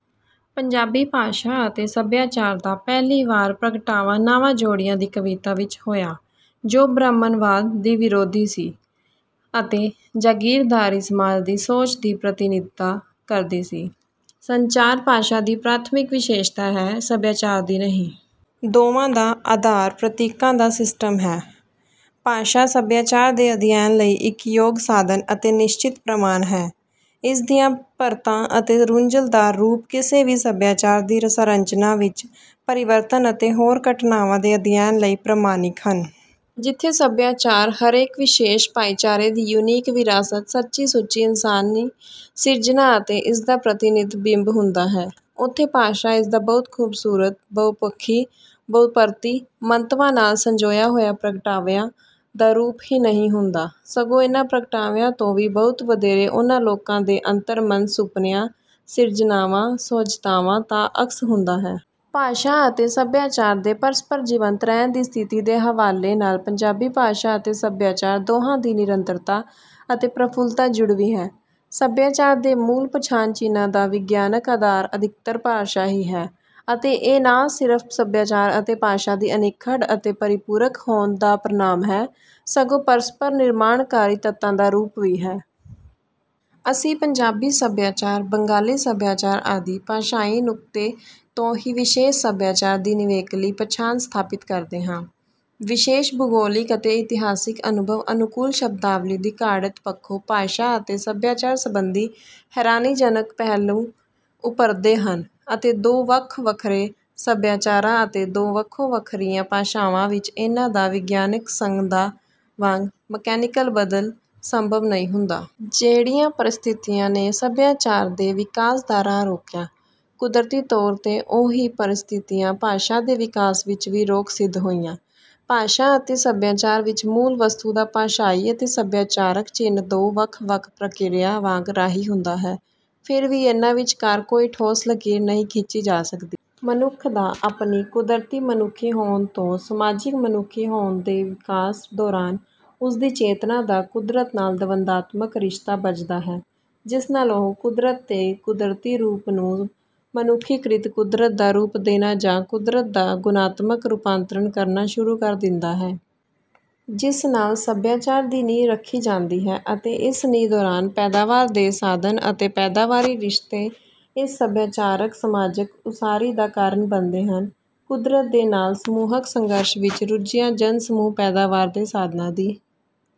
ਪੰਜਾਬੀ ਭਾਸ਼ਾ ਅਤੇ ਸਭਿਆਚਾਰ ਦਾ ਪਹਿਲੀ ਵਾਰ ਪ੍ਰਗਟਾਵਾ ਨਾਵਾਂ-ਜੋੜੀਆਂ ਦੀ ਕਵਿਤਾ ਵਿੱਚ ਹੋਇਆ, ਜੋ ਬ੍ਰਾਹਮਣਵਾਦ ਦੀ ਵਿਰੋਧੀ ਸੀ ਅਤੇ ਜਾਗੀਰਦਾਰੀ ਸਮਾਜ ਦੀ ਸੋਚ ਦੀ ਪ੍ਰਤੀਨਿਧਤਾ ਕਰਦੀ ਸੀ। ਸੰਚਾਰ ਭਾਸ਼ਾ ਦੀ ਪ੍ਰਾਥਮਿਕ ਵਿਸ਼ੇਸ਼ਤਾ ਹੈ, ਸਭਿਆਚਾਰ ਦੀ ਨਹੀਂ। ਦੋਵਾਂ ਦਾ ਆਧਾਰ ਪ੍ਰਤੀਕਾਂ ਦਾ ਸਿਸਟਮ ਹੈ। ਭਾਸ਼ਾ ਸਭਿਆਚਾਰ ਦੇ ਅਧਿਐਨ ਲਈ ਇੱਕ ਯੋਗ ਸਾਧਨ ਅਤੇ ਨਿਸ਼ਚਿਤ ਪ੍ਰਮਾਣ ਹੈ। ਇਸ ਦੀਆਂ ਪਰਤਾਂ ਅਤੇ ਗੁੰਝਲਦਾਰ ਰੂਪ ਕਿਸੇ ਵੀ ਸਭਿਆਚਾਰ ਦੀ ਸੰਰਚਨਾ ਵਿੱਚ ਪਰਿਵਰਤਨ ਅਤੇ ਹੋਰ ਘਟਨਾਵਾਂ ਦੇ ਅਧਿਐਨ ਲਈ ਪ੍ਰਮਾਣਿਕ ਹਨ। ਜਿੱਥੇ ਸਭਿਆਚਾਰ ਹਰੇਕ ਵਿਸ਼ੇਸ਼ ਭਾਈਚਾਰੇ ਦੀ ਯੂਨੀਕ ਵਿਰਾਸਤ, ਸੱਚੀ-ਸੁੱਚੀ ਇਨਸਾਨੀ ਸਿਰਜਣਾ ਅਤੇ ਇਸਦਾ ਪ੍ਰਤੀਨਿਧ ਬਿੰਬ ਹੁੰਦਾ ਹੈ, ਉੱਥੇ ਭਾਸ਼ਾ ਇਸਦਾ ਬਹੁਤ ਖੂਬਸੂਰਤ, ਬਹੁ-ਪੱਖੀ, ਬਹੁ-ਪਰਤੀ ਮੰਤਵਾਂ ਨਾਲ ਸੰਜੋਇਆ ਹੋਇਆ ਪ੍ਰਗਟਾਵਿਆਂ ਦਾ ਰੂਪ ਹੀ ਨਹੀਂ ਹੁੰਦਾ, ਸਗੋਂ ਇਹਨਾਂ ਪ੍ਰਗਟਾਵਿਆਂ ਤੋਂ ਵੀ ਬਹੁਤ ਵਧੇਰੇ ਉਹਨਾਂ ਲੋਕਾਂ ਦੇ ਅੰਤਰ-ਮਨ, ਸੁਪਨਿਆਂ, ਸਿਰਜਣਾਵਾਂ, ਸੁਹਜਤਾਵਾਂ ਦਾ ਅਕਸ ਹੁੰਦਾ ਹੈ। ਭਾਸ਼ਾ ਅਤੇ ਸਭਿਆਚਾਰ ਦੇ ਪਰਸਪਰ ਜੀਵੰਤ ਰਹਿਣ ਦੀ ਸਥਿਤੀ ਦੇ ਹਵਾਲੇ ਨਾਲ ਪੰਜਾਬੀ ਭਾਸ਼ਾ ਅਤੇ ਸਭਿਆਚਾਰ ਦੋਹਾਂ ਦੀ ਨਿਰੰਤਰਤਾ ਅਤੇ ਪ੍ਰਫੁੱਲਤਾ ਜੁੜਵੀਂ ਹੈ। ਸਭਿਆਚਾਰ ਦੇ ਮੂਲ ਪਛਾਣ-ਚਿੰਨ੍ਹਾਂ ਦਾ ਵਿਗਿਆਨਕ ਆਧਾਰ ਅਧਿਕਤਰ ਭਾਸ਼ਾ ਹੀ ਹੈ ਅਤੇ ਇਹ ਨਾ ਸਿਰਫ ਸਭਿਆਚਾਰ ਅਤੇ ਭਾਸ਼ਾ ਦੀ ਅਨਿੱਖੜ ਅਤੇ ਪਰਿਪੂਰਕ ਹੋਂਦ ਦਾ ਪ੍ਰਣਾਮ ਹੈ, ਸਗੋਂ ਪਰਸਪਰ ਨਿਰਮਾਣਕਾਰੀ ਤੱਤਾਂ ਦਾ ਰੂਪ ਵੀ ਹੈ। ਅਸੀਂ ਪੰਜਾਬੀ ਸਭਿਆਚਾਰ, ਬੰਗਾਲੀ ਸਭਿਆਚਾਰ ਆਦਿ ਭਾਸ਼ਾਈ ਨੁਕਤੇ ਤੋਂ ਹੀ ਵਿਸ਼ੇਸ਼ ਸਭਿਆਚਾਰ ਦੀ ਨਿਵੇਕਲੀ ਪਛਾਣ ਸਥਾਪਿਤ ਕਰਦੇ ਹਾਂ। ਵਿਸ਼ੇਸ਼ ਭੂਗੋਲਿਕ ਅਤੇ ਇਤਿਹਾਸਿਕ ਅਨੁਭਵ ਅਨੁਕੂਲ ਸ਼ਬਦਾਵਲੀ ਦੀ ਘਾੜਤ ਪੱਖੋਂ ਭਾਸ਼ਾ ਅਤੇ ਸਭਿਆਚਾਰ ਸੰਬੰਧੀ ਹੈਰਾਨੀਜਨਕ ਪਹਿਲੂ ਉਭਰਦੇ ਹਨ ਅਤੇ ਦੋ ਵੱਖ-ਵੱਖਰੇ ਸਭਿਆਚਾਰਾਂ ਅਤੇ ਦੋ ਵੱਖੋ-ਵੱਖਰੀਆਂ ਭਾਸ਼ਾਵਾਂ ਵਿੱਚ ਇਹਨਾਂ ਦਾ ਵਿਗਿਆਨਕ ਸੰਦਾਂ ਵਾਂਗ ਮਕੈਨੀਕਲ ਬਦਲ ਸੰਭਵ ਨਹੀਂ ਹੁੰਦਾ। ਜਿਹੜੀਆਂ ਪਰਿਸਥਿਤੀਆਂ ਨੇ ਸੱਭਿਆਚਾਰ ਦੇ ਵਿਕਾਸ ਦਾ ਰਾਹ ਰੋਕਿਆ, ਕੁਦਰਤੀ ਤੌਰ 'ਤੇ ਉਹ ਹੀ ਪਰਿਸਥਿਤੀਆਂ ਭਾਸ਼ਾ ਦੇ ਵਿਕਾਸ ਵਿੱਚ ਵੀ ਰੋਕ ਸਿੱਧ ਹੋਈਆਂ। ਭਾਸ਼ਾ ਅਤੇ ਸਭਿਆਚਾਰ ਵਿੱਚ ਮੂਲ ਵਸਤੂ ਦਾ ਭਾਸ਼ਾਈ ਅਤੇ ਸਭਿਆਚਾਰਕ ਚਿੰਨ੍ਹ ਦੋ ਵੱਖ-ਵੱਖ ਪ੍ਰਕਿਰਿਆ ਵਾਂਗ ਰਾਹੀ ਹੁੰਦਾ ਹੈ, ਫਿਰ ਵੀ ਇਹਨਾਂ ਵਿਚਕਾਰ ਕੋਈ ਠੋਸ ਲਕੀਰ ਨਹੀਂ ਖਿੱਚੀ ਜਾ ਸਕਦੀ। ਮਨੁੱਖ ਦਾ ਆਪਣੀ 'ਕੁਦਰਤੀ ਮਨੁੱਖੀ ਹੋਂਦ' ਤੋਂ 'ਸਮਾਜਿਕ ਮਨੁੱਖੀ ਹੋਂਦ' ਦੇ ਵਿਕਾਸ ਦੌਰਾਨ ਉਸ ਦੀ ਚੇਤਨਾ ਦਾ ਕੁਦਰਤ ਨਾਲ ਦਵੰਦਾਤਮਕ ਰਿਸ਼ਤਾ ਬੱਝਦਾ ਹੈ। ਜਿਸ ਨਾਲ ਉਹ ਕੁਦਰਤ ਦੇ ਕੁਦਰਤੀ ਰੂਪ ਨੂੰ ਮਨੁੱਖੀਕ੍ਰਿਤ ਕੁਦਰਤ ਦਾ ਰੂਪ ਦੇਣਾ ਜਾਂ ਕੁਦਰਤ ਦਾ ਗੁਣਾਤਮਕ ਰੂਪਾਂਤਰਣ ਕਰਨਾ ਸ਼ੁਰੂ ਕਰ ਦਿੰਦਾ ਹੈ। ਜਿਸ ਨਾਲ ਸਭਿਆਚਾਰ ਦੀ ਨੀਂਹ ਰੱਖੀ ਜਾਂਦੀ ਹੈ ਅਤੇ ਇਸ ਨੀਂਹ ਦੌਰਾਨ ਪੈਦਾਵਾਰ ਦੇ ਸਾਧਨ ਅਤੇ ਪੈਦਾਵਾਰੀ ਰਿਸ਼ਤੇ ਇਸ ਸਭਿਆਚਾਰਕ-ਸਮਾਜਕ ਉਸਾਰੀ ਦਾ ਕਾਰਨ ਬਣਦੇ ਹਨ। ਕੁਦਰਤ ਦੇ ਨਾਲ ਸਮੂਹਕ ਸੰਘਰਸ਼ ਵਿੱਚ ਰੁੱਝਿਆ ਜਨ-ਸਮੂਹ ਪੈਦਾਵਾਰ ਦੇ ਸਾਧਨਾਂ ਦੀ